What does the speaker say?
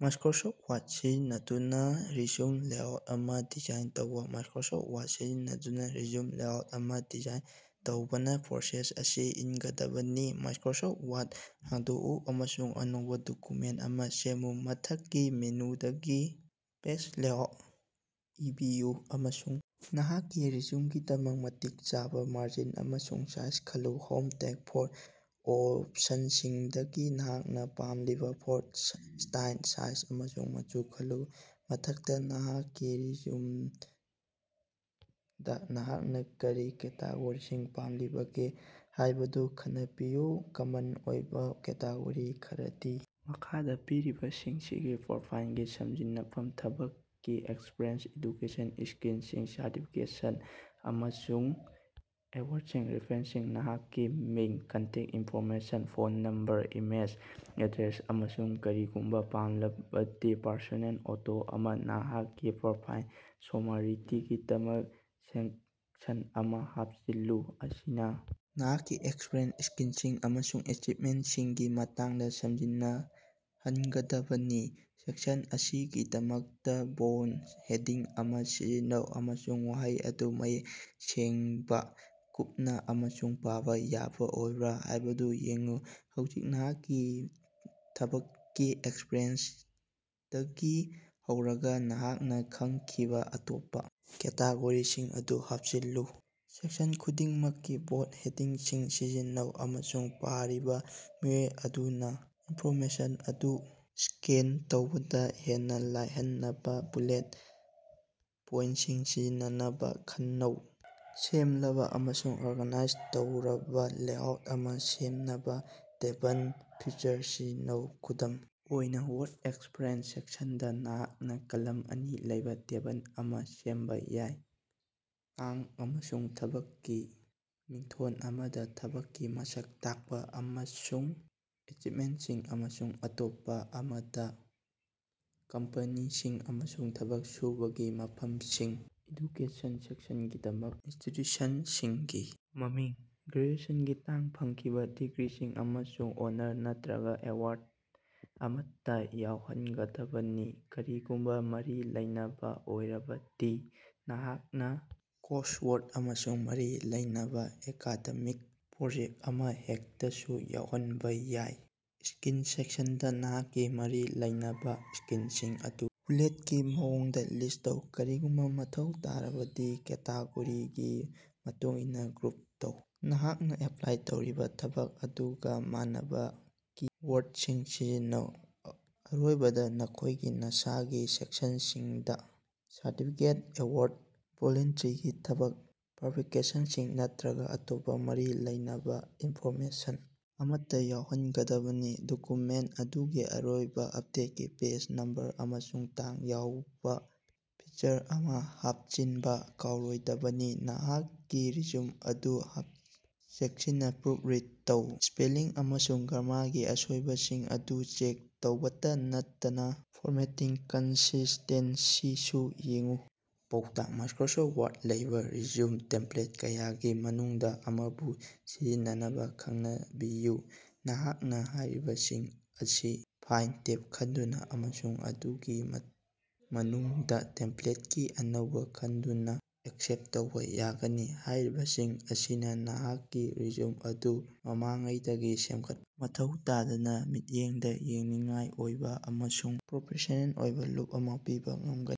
Microsoft Word ꯁꯤꯖꯤꯟꯅꯗꯨꯅ resume layout ꯑꯃ design ꯇꯧꯕ꯫ ꯃꯥꯏꯀ꯭ꯔꯣꯁꯣꯐꯠ ꯋꯥꯔꯗ ꯁꯤꯖꯤꯟꯅꯗꯨꯅ ꯔꯤꯖ꯭ꯌꯨꯝ ꯂꯦꯑꯥꯎꯠ ꯑꯃ ꯗꯤꯖꯥꯏꯟ ꯇꯧꯅꯕ, ꯁ꯭ꯇꯦꯞꯁꯤꯡ ꯑꯁꯤ ꯏꯟꯒꯗꯕꯅꯤ: ꯃꯥꯏꯀ꯭ꯔꯣꯁꯣꯐꯠ ꯋꯥꯔꯗ ꯍꯥꯡꯗꯣꯛꯎ ꯑꯃꯁꯨꯡ ꯑꯅꯧꯕ ꯗꯣꯛꯀꯨꯃꯦꯟꯇ ꯑꯃ ꯁꯦꯝꯃꯨ꯫ ꯃꯊꯛꯀꯤ ꯃꯦꯅꯨꯗꯒꯤ, 'ꯄꯦꯖ ꯂꯦꯑꯥꯎꯠ' ꯏꯕꯤꯌꯨ ꯑꯃꯁꯨꯡ ꯅꯍꯥꯛꯀꯤ ꯔꯤꯖ꯭ꯌꯨꯝꯒꯤꯗꯃꯛ ꯃꯇꯤꯛ ꯆꯥꯕ ꯃꯥꯔꯖꯤꯟ ꯑꯃꯁꯨꯡ ꯁꯥꯏꯖ ꯈꯜꯂꯨ꯫ 'ꯍꯣꯝ' ꯇꯦꯞꯇ, ꯐꯣꯟꯇ ꯑꯣꯞꯁꯟꯁꯤꯡꯗꯒꯤ ꯅꯍꯥꯛꯅ ꯄꯥꯝꯂꯤꯕ ꯐꯣꯟꯇ ꯁ꯭ꯇꯥꯏꯜ, ꯁꯥꯏꯖ ꯑꯃꯁꯨꯡ ꯃꯆꯨ ꯈꯜꯂꯨ꯫ ꯃꯊꯪꯗ, ꯅꯍꯥꯛꯀꯤ ꯔꯤꯖ꯭ꯌꯨꯝꯗ ꯅꯍꯥꯛꯅ ꯀꯔꯤ ꯀꯦꯇꯦꯒꯣꯔꯤꯁꯤꯡ ꯄꯥꯝꯂꯤꯕꯒꯦ ꯍꯥꯌꯕꯗꯨ ꯈꯟꯅꯕꯤꯌꯨ꯫ ꯀꯃꯟ ꯑꯣꯏꯕ ꯀꯦꯇꯦꯒꯣꯔꯤ ꯈꯔꯗꯤ ꯃꯈꯥꯗ ꯄꯤꯔꯤꯕꯁꯤꯡꯁꯤꯅꯤ: ꯄ꯭ꯔꯣꯐꯥꯏꯜꯒꯤ ꯁꯝꯖꯤꯟꯅꯐꯝ ꯊꯕꯛꯀꯤ ꯑꯦꯛꯁꯄꯤꯔꯤꯑꯦꯟꯁ ꯑꯦꯖꯨꯀꯦꯁꯟ ꯁ꯭ꯀꯤꯜꯁꯤꯡ ꯁꯔꯇꯤꯐꯤꯀꯦꯁꯟ ꯑꯃꯁꯨꯡ ꯑꯦꯋꯥꯔꯗꯁꯤꯡ ꯔꯤꯐ꯭ꯔꯦꯟꯁꯁꯤꯡ ꯅꯍꯥꯛꯀꯤ ꯃꯤꯡ, contact information (phone number, email, address), ꯑꯃꯁꯨꯡ ꯀꯔꯤꯒꯨꯝꯕ ꯄꯥꯝꯂꯕꯗꯤ, ꯄ꯭ꯔꯣꯐꯦꯁ꯭ꯅꯦꯜ ꯐꯣꯇꯣ ꯑꯃ꯫ ꯅꯍꯥꯛꯀꯤ ꯄ꯭ꯔꯣꯐꯥꯏꯜ ꯁꯣꯃꯥꯔꯤꯒꯤꯗꯃꯛ ꯁꯦꯛꯁꯟ ꯑꯃ ꯍꯥꯞꯆꯤꯜꯂꯨ꯫ ꯑꯁꯤꯅ ꯅꯍꯥꯛꯀꯤ ꯑꯦꯛꯁꯄꯤꯔꯤꯌꯦꯟꯁ, ꯁ꯭ꯀꯤꯜꯁꯤꯡ ꯑꯃꯁꯨꯡ ꯑꯦꯆꯤꯄꯃꯦꯟꯇꯁꯤꯡꯒꯤ ꯃꯇꯥꯡꯗ ꯁꯝꯖꯤꯟꯅꯍꯟꯒꯗꯕꯅꯤ꯫ ꯁꯦꯛꯁꯟ ꯑꯁꯤꯒꯤꯗꯃꯛꯇ ꯕꯣꯜꯗ ꯍꯦꯗꯤꯡ ꯑꯃ ꯁꯤꯖꯤꯟꯅꯧ, ꯑꯃꯁꯨꯡ ꯋꯥꯍꯩ ꯑꯗꯨ ꯃꯌꯦꯛ ꯁꯦꯡꯕ, ꯀꯨꯞꯅ ꯑꯃꯁꯨꯡ ꯄꯥꯕ ꯌꯥꯕ ꯑꯣꯏꯕ꯭ꯔ ꯍꯥꯌꯕꯗꯨ ꯌꯦꯡꯎ꯫ ꯍꯧꯖꯤꯛ ꯅꯍꯥꯛꯀꯤ ꯊꯕꯛꯀꯤ ꯑꯦꯛꯁꯄꯤꯔꯤꯌꯦꯟꯁꯇꯒꯤ ꯍꯧꯔꯒ ꯅꯍꯥꯛꯅ ꯈꯟꯈꯤꯕ ꯑꯇꯣꯞꯄ ꯀꯦꯇꯦꯒꯣꯔꯤꯁꯤꯡ ꯑꯗꯨ ꯍꯥꯞꯆꯤꯜꯂꯨ꯫ ꯁꯦꯛꯁꯟ ꯈꯨꯗꯤꯡꯃꯛꯀꯤ ꯕꯣꯜꯗ ꯍꯦꯗꯤꯡꯁꯤꯡ ꯁꯤꯖꯤꯟꯅꯧ, ꯑꯃꯁꯨꯡ ꯄꯥꯔꯤꯕ ꯃꯤꯑꯣꯏ ꯑꯗꯨꯅ ꯏꯟꯐꯣꯔꯃꯦꯁꯟ ꯑꯗꯨ ꯁ꯭ꯀꯦꯟ ꯇꯧꯕꯗ ꯍꯦꯟꯅ ꯂꯥꯌꯍꯟꯅꯕ ꯕꯨꯂꯦꯠ ꯄꯣꯏꯟꯇꯁꯤꯡ ꯁꯤꯖꯤꯟꯅꯅꯕ ꯈꯟꯅꯧ꯫ ꯁꯦꯡꯂꯕ ꯑꯃꯁꯨꯡ ꯑꯣꯔꯒꯥꯅꯥꯏꯖ ꯇꯧꯔꯕ ꯂꯦꯑꯥꯎꯠ ꯑꯃ ꯁꯦꯝꯅꯕ 'ꯇꯦꯕꯜ' ꯐꯤꯆꯔ ꯁꯤꯖꯤꯟꯅꯧ꯫ ꯈꯨꯗꯝ ꯑꯣꯏꯅ, 'ꯋꯥꯔꯛ ꯑꯦꯛꯁꯄꯤꯔꯤꯑꯦꯟꯁ' ꯁꯦꯛꯁꯟꯗ, ꯅꯍꯥꯛꯅ ꯀꯂꯝ ꯑꯅꯤ ꯂꯩꯕ ꯇꯦꯕꯜ ꯑꯃ ꯁꯦꯝꯕ ꯌꯥꯏ: ꯇꯥꯡ ꯑꯃꯁꯨꯡ ꯊꯕꯛꯀꯤ ꯃꯤꯡꯊꯣꯜ, ꯑꯃꯗ ꯊꯕꯛꯀꯤ ꯃꯁꯛ ꯇꯥꯛꯄ, ꯑꯃꯁꯨꯡ ꯑꯦꯆꯤꯞꯃꯦꯟꯇꯁꯤꯡ, ꯑꯃꯁꯨꯡ ꯑꯇꯣꯞꯄ ꯑꯃꯗ ꯀꯝꯄꯅꯤꯁꯤꯡ ꯑꯃꯁꯨꯡ ꯊꯕꯛ ꯁꯨꯕꯒꯤ ꯃꯐꯝꯁꯤꯡ꯫ 'ꯑꯦꯖꯨꯀꯦꯁꯟ' ꯁꯦꯛꯁꯟꯒꯤꯗꯃꯛ, ꯏꯟꯁꯇꯤꯇ꯭ꯌꯨꯁꯟꯁꯤꯡꯒꯤ ꯃꯃꯤꯡ, ꯒ꯭ꯔꯦꯖꯨꯑꯦꯁꯟꯒꯤ ꯇꯥꯡ, ꯐꯪꯈꯤꯕ ꯗꯤꯒ꯭ꯔꯤꯁꯤꯡ, ꯑꯃꯁꯨꯡ ꯑꯣꯅꯔ ꯅꯇ꯭ꯔꯒ ꯑꯦꯋꯥꯔꯗ ꯑꯃꯠꯇ ꯌꯥꯑꯣꯍꯟꯒꯗꯕꯅꯤ꯫ ꯀꯔꯤꯒꯨꯝꯕ ꯃꯔꯤ ꯂꯩꯅꯕ ꯑꯣꯏꯔꯕꯗꯤ, ꯅꯍꯥꯛꯅ ꯀꯣꯔꯁꯋꯥꯔꯛ ꯑꯃꯁꯨꯡ ꯃꯔꯤ ꯂꯩꯅꯕ ꯑꯦꯀꯥꯗꯦꯃꯤꯛ ꯄ꯭ꯔꯣꯖꯦꯛꯇ ꯑꯃ ꯍꯦꯛꯇꯁꯨ ꯌꯥꯎꯍꯟꯕ ꯌꯥꯏ꯫ 'ꯁ꯭ꯀꯤꯜꯁ' ꯁꯦꯛꯁꯟꯗ, ꯅꯍꯥꯛꯀꯤ ꯃꯔꯤ ꯂꯩꯅꯕ ꯁ꯭ꯀꯤꯜꯁꯤꯡ ꯑꯗꯨ ꯕꯨꯂꯦꯠꯀꯤ ꯃꯑꯣꯡꯗ ꯂꯤꯁ꯭ꯠ ꯇꯧ, ꯀꯔꯤꯒꯨꯝꯕ ꯃꯊꯧ ꯇꯥꯔꯕꯗꯤ ꯀꯦꯇꯦꯒꯣꯔꯤꯒꯤ ꯃꯇꯨꯡꯏꯟꯅ ꯒ꯭ꯔꯨꯞ ꯇꯧ꯫ ꯅꯍꯥꯛꯅ ꯑꯦꯄ꯭ꯂꯥꯏ ꯇꯧꯔꯤꯕ ꯊꯕꯛ ꯑꯗꯨꯒ ꯃꯥꯟꯅꯕ ꯀꯤ-ꯋꯥꯔꯗꯁꯤꯡ ꯁꯤꯖꯤꯟꯅꯧ꯫ ꯑꯔꯣꯏꯕꯗ, ꯃꯈꯣꯌꯒꯤ ꯃꯁꯥꯒꯤ ꯁꯦꯛꯁꯟꯁꯤꯡꯗ ꯁꯔꯇꯤꯐꯤꯀꯦꯠ, ꯑꯦꯋꯥꯔꯗ, ꯚꯣꯂꯨꯟꯇꯤꯌꯔꯒꯤ ꯊꯕꯛ, ꯄꯕ꯭ꯂꯤꯀꯦꯁꯟꯁꯤꯡ, ꯅꯠꯇ꯭ꯔꯒ ꯑꯇꯣꯞꯄ ꯃꯔꯤ ꯂꯩꯅꯕ ꯏꯟꯐꯣꯔꯃꯦꯁꯟ ꯑꯃꯠꯇ ꯌꯥꯑꯣꯍꯟꯒꯗꯕꯅꯤ꯫ ꯗꯣꯛꯀꯨꯃꯦꯟꯇ ꯑꯗꯨꯒꯤ ꯑꯔꯣꯏꯕ ꯑꯞꯗꯦꯠꯀꯤ ꯄꯦꯖ ꯅꯝꯕꯔ ꯑꯃꯁꯨꯡ ꯇꯥꯡ ꯌꯥꯎꯕ ꯐ꯭ꯌꯆꯔ ꯑꯃ ꯍꯥꯞꯆꯤꯟꯕ ꯀꯥꯎꯔꯣꯏꯗꯕꯅꯤ꯫ ꯅꯍꯥꯛꯀꯤ ꯔꯤꯖ꯭ꯌꯨꯝ ꯑꯗꯨ ꯆꯦꯛꯁꯤꯟꯅ ꯄ꯭ꯔꯨꯐ ꯔꯤꯗ ꯇꯧ, ꯁ꯭ꯄꯦꯂꯤꯡ ꯑꯃꯁꯨꯡ ꯒ꯭ꯔꯥꯃꯥꯔꯒꯤ ꯑꯁꯣꯏꯕꯁꯤꯡ ꯑꯗꯨ ꯆꯦꯛ ꯇꯧꯕꯇ ꯅꯠꯇꯅ ꯐꯣꯔꯃꯦꯇꯤꯡ ꯀꯟꯁꯤꯁ꯭ꯇꯦꯟꯁꯤꯁꯨ ꯌꯦꯡꯎ꯫ ꯄꯥꯎꯇꯥꯛ: ꯃꯥꯏꯀ꯭ꯔꯣꯁꯣꯐꯠ ꯋꯥꯔꯗꯇ ꯂꯩꯕꯥ ꯔꯤꯖ꯭ꯌꯨꯝ ꯇꯦꯝꯄ꯭ꯂꯦꯠ ꯀꯌꯥꯒꯤ ꯃꯅꯨꯡꯗ ꯑꯃꯕꯨ ꯁꯤꯖꯤꯟꯅꯅꯕ ꯈꯟꯅꯕꯤꯌꯨ꯫ ꯅꯍꯥꯛꯅ ꯍꯥꯌꯔꯤꯕꯁꯤꯡ ꯑꯁꯤ 'ꯐꯥꯏꯜ' ꯇꯦꯕ ꯈꯟꯗꯨꯅ ꯑꯃꯁꯨꯡ ꯃꯗꯨꯒꯤ ꯃꯇꯨꯡꯗ 'ꯇꯦꯝꯄ꯭ꯂꯦꯠꯇꯒꯤ ꯑꯅꯧꯕ' ꯈꯟꯗꯨꯅ ꯑꯦꯛꯁꯦꯁ ꯇꯧꯕ ꯌꯥꯒꯅꯤ꯫ ꯍꯥꯌꯔꯤꯕꯁꯤꯡ ꯑꯁꯤꯅ ꯅꯍꯥꯛꯀꯤ ꯔꯤꯖ꯭ꯌꯨꯝ ꯑꯗꯨ ꯃꯃꯥꯡꯉꯩꯗꯒꯤ ꯁꯦꯝꯒꯠ ꯃꯊꯧ ꯇꯥꯗꯅ ꯃꯤꯠꯌꯦꯡꯗ ꯌꯦꯡꯅꯤꯡꯉꯥꯏ ꯑꯣꯏꯕ ꯑꯃꯁꯨꯡ ꯄ꯭ꯔꯣꯐꯦꯁ꯭ꯅꯦꯜ ꯑꯣꯏꯕ ꯂꯨꯛ ꯑꯃ ꯄꯤꯕ ꯉꯝꯒꯅꯤ꯫"